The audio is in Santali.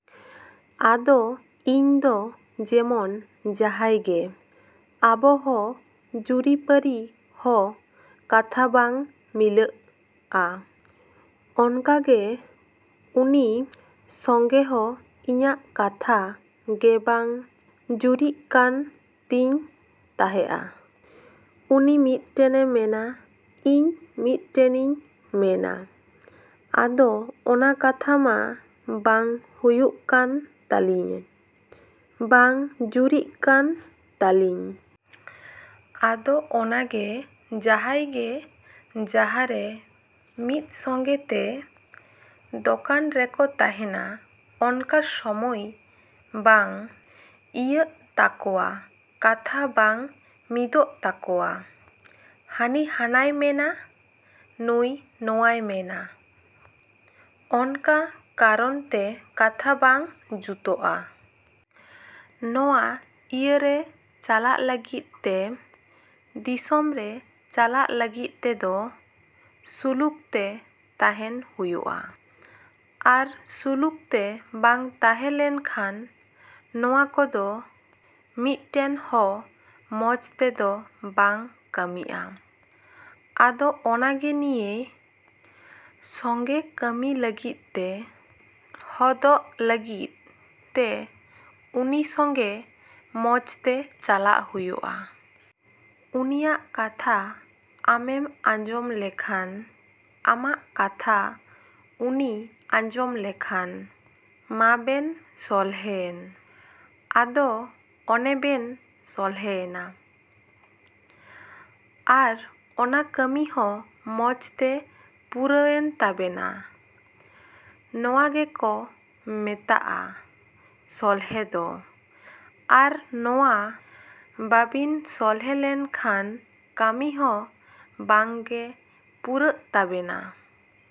ᱟᱫᱚ ᱤᱧ ᱫᱚ ᱡᱮᱢᱚᱱ ᱡᱟᱦᱟᱸᱭ ᱜᱮ ᱟᱵᱚ ᱦᱚᱸ ᱡᱩᱨᱤᱼᱯᱟᱹᱨᱤ ᱦᱚᱸ ᱠᱟᱛᱷᱟ ᱵᱟᱝ ᱢᱤᱞᱟᱹᱜᱼᱟ, ᱚᱱᱠᱟ ᱜᱮ ᱩᱱᱤ ᱥᱚᱸᱜᱮ ᱦᱚᱸ ᱤᱧᱟᱹᱜ ᱠᱟᱛᱷᱟ ᱜᱮ ᱵᱟᱝ ᱡᱩᱨᱤᱜ ᱠᱟᱱ ᱛᱤᱧ ᱛᱟᱦᱮᱱᱚᱜ-ᱟ᱾ ᱩᱱᱤ ᱢᱤᱫᱴᱮᱱᱮ ᱢᱮᱱᱟ, ᱤᱧ ᱢᱤᱫᱴᱮᱱᱤᱧ ᱢᱮᱱᱟ᱾ ᱟᱫᱚ ᱚᱱᱟ ᱠᱟᱛᱷᱟ ᱢᱟ ᱵᱟᱝ ᱦᱩᱭᱩᱜ ᱠᱟᱱ ᱛᱟᱹᱞᱤᱧ, ᱵᱟᱝ ᱡᱩᱨᱤᱜ ᱠᱟᱱ ᱛᱟᱹᱞᱤᱧ᱾ ᱟᱫᱚ ᱚᱱᱟ ᱜᱮ ᱡᱟᱦᱟᱸᱭ ᱜᱮ ᱡᱟᱦᱟᱸ ᱨᱮ ᱢᱤᱫ ᱥᱚᱸᱜᱮ ᱛᱮ ᱫᱚᱠᱟᱱ ᱨᱮᱠᱚ ᱛᱟᱦᱮᱱᱟ ᱚᱱᱠᱟ ᱥᱚᱢᱚᱭ ᱵᱟᱝ ᱤᱭᱟᱹᱜ ᱛᱟᱠᱚᱣᱟ ᱠᱟᱛᱷᱟ ᱵᱟᱝ ᱢᱤᱫᱚᱜ ᱛᱟᱠᱚᱣᱟ᱾ ᱦᱟᱹᱱᱤ ᱦᱟᱱᱟᱭ ᱢᱮᱱᱟ, ᱱᱩᱭ ᱱᱚᱣᱟᱭ ᱢᱮᱱᱟ᱾ ᱚᱱᱠᱟᱱ ᱠᱟᱨᱚᱱᱟᱜ ᱛᱮ ᱠᱟᱛᱷᱟ ᱵᱟᱝ ᱡᱩᱛᱩᱜ-ᱟ᱾ ᱱᱚᱣᱟ ᱤᱭᱟᱹ ᱨᱮ ᱪᱟᱞᱟᱜ ᱞᱟᱹᱜᱤᱫ ᱛᱮ ᱫᱤᱥᱚᱢ ᱨᱮ ᱪᱟᱞᱟᱜ ᱞᱟᱹᱜᱤᱫ ᱛᱮᱫᱚ ᱥᱩᱞᱩᱠ ᱛᱮ ᱛᱟᱦᱮᱱ ᱦᱩᱭᱩᱜ-ᱟ᱾ ᱟᱨ ᱥᱩᱞᱩᱠ ᱛᱮ ᱵᱟᱝ ᱛᱟᱦᱮᱸᱞᱮᱱ ᱠᱷᱟᱱ ᱱᱚᱣᱟ ᱠᱚᱫᱚ ᱢᱤᱫᱴᱮᱱ ᱦᱚᱸ ᱢᱚᱡᱽ ᱛᱮᱫᱚ ᱵᱟᱝ ᱠᱟᱹᱢᱤᱜ-ᱟ᱾ ᱟᱫᱚ ᱚᱱᱟ ᱜᱮ ᱱᱤᱭᱟᱹ ᱥᱚᱸᱜᱮ ᱠᱟᱹᱢᱤ ᱞᱟᱹᱜᱤᱫ ᱛᱮ ᱥᱚᱞᱦᱚᱫᱚᱜ ᱞᱟᱹᱜᱤᱫ ᱛᱮ ᱩᱱᱤ ᱥᱚᱸᱜᱮ ᱢᱚᱡᱽ ᱛᱮ ᱪᱟᱞᱟᱜ ᱦᱩᱭᱩᱜ-ᱟ᱾ ᱩᱱᱤᱭᱟᱜ ᱠᱟᱛᱷᱟ ᱟᱢᱮᱢ ᱟᱸᱡᱚᱢ ᱞᱮᱠᱷᱟᱱ ᱟᱢᱟᱜ ᱠᱟᱛᱷᱟ ᱩᱱᱤᱭ ᱟᱸᱡᱚᱢ ᱞᱮᱠᱷᱟᱱ ᱢᱟᱵᱮᱱ ᱥᱚᱞᱦᱮᱭᱮᱱ᱾ ᱟᱫᱚ ᱚᱱᱮ ᱵᱮᱱ ᱥᱚᱞᱦᱮᱭᱮᱱᱟ᱾ ᱟᱨ ᱚᱱᱟ ᱠᱟᱹᱢᱤ ᱦᱚᱸ ᱢᱚᱡᱽ ᱛᱮ ᱯᱩᱨᱟᱹᱣᱮᱱ ᱛᱟᱵᱮᱱᱟ᱾ ᱱᱚᱣᱟ ᱜᱮᱠᱚ ᱢᱮᱛᱟᱜ-ᱟ ᱥᱚᱞᱦᱮ ᱫᱚ᱾ ᱟᱨ ᱱᱚᱣᱟ ᱵᱟᱵᱮᱱ ᱥᱚᱞᱦᱮ ᱞᱮᱱ ᱠᱷᱟᱱ ᱠᱟᱹᱢᱤ ᱦᱚᱸ ᱵᱟᱝ ᱜᱮ ᱯᱩᱨᱟᱹᱜ ᱛᱟᱵᱮᱱᱟ᱾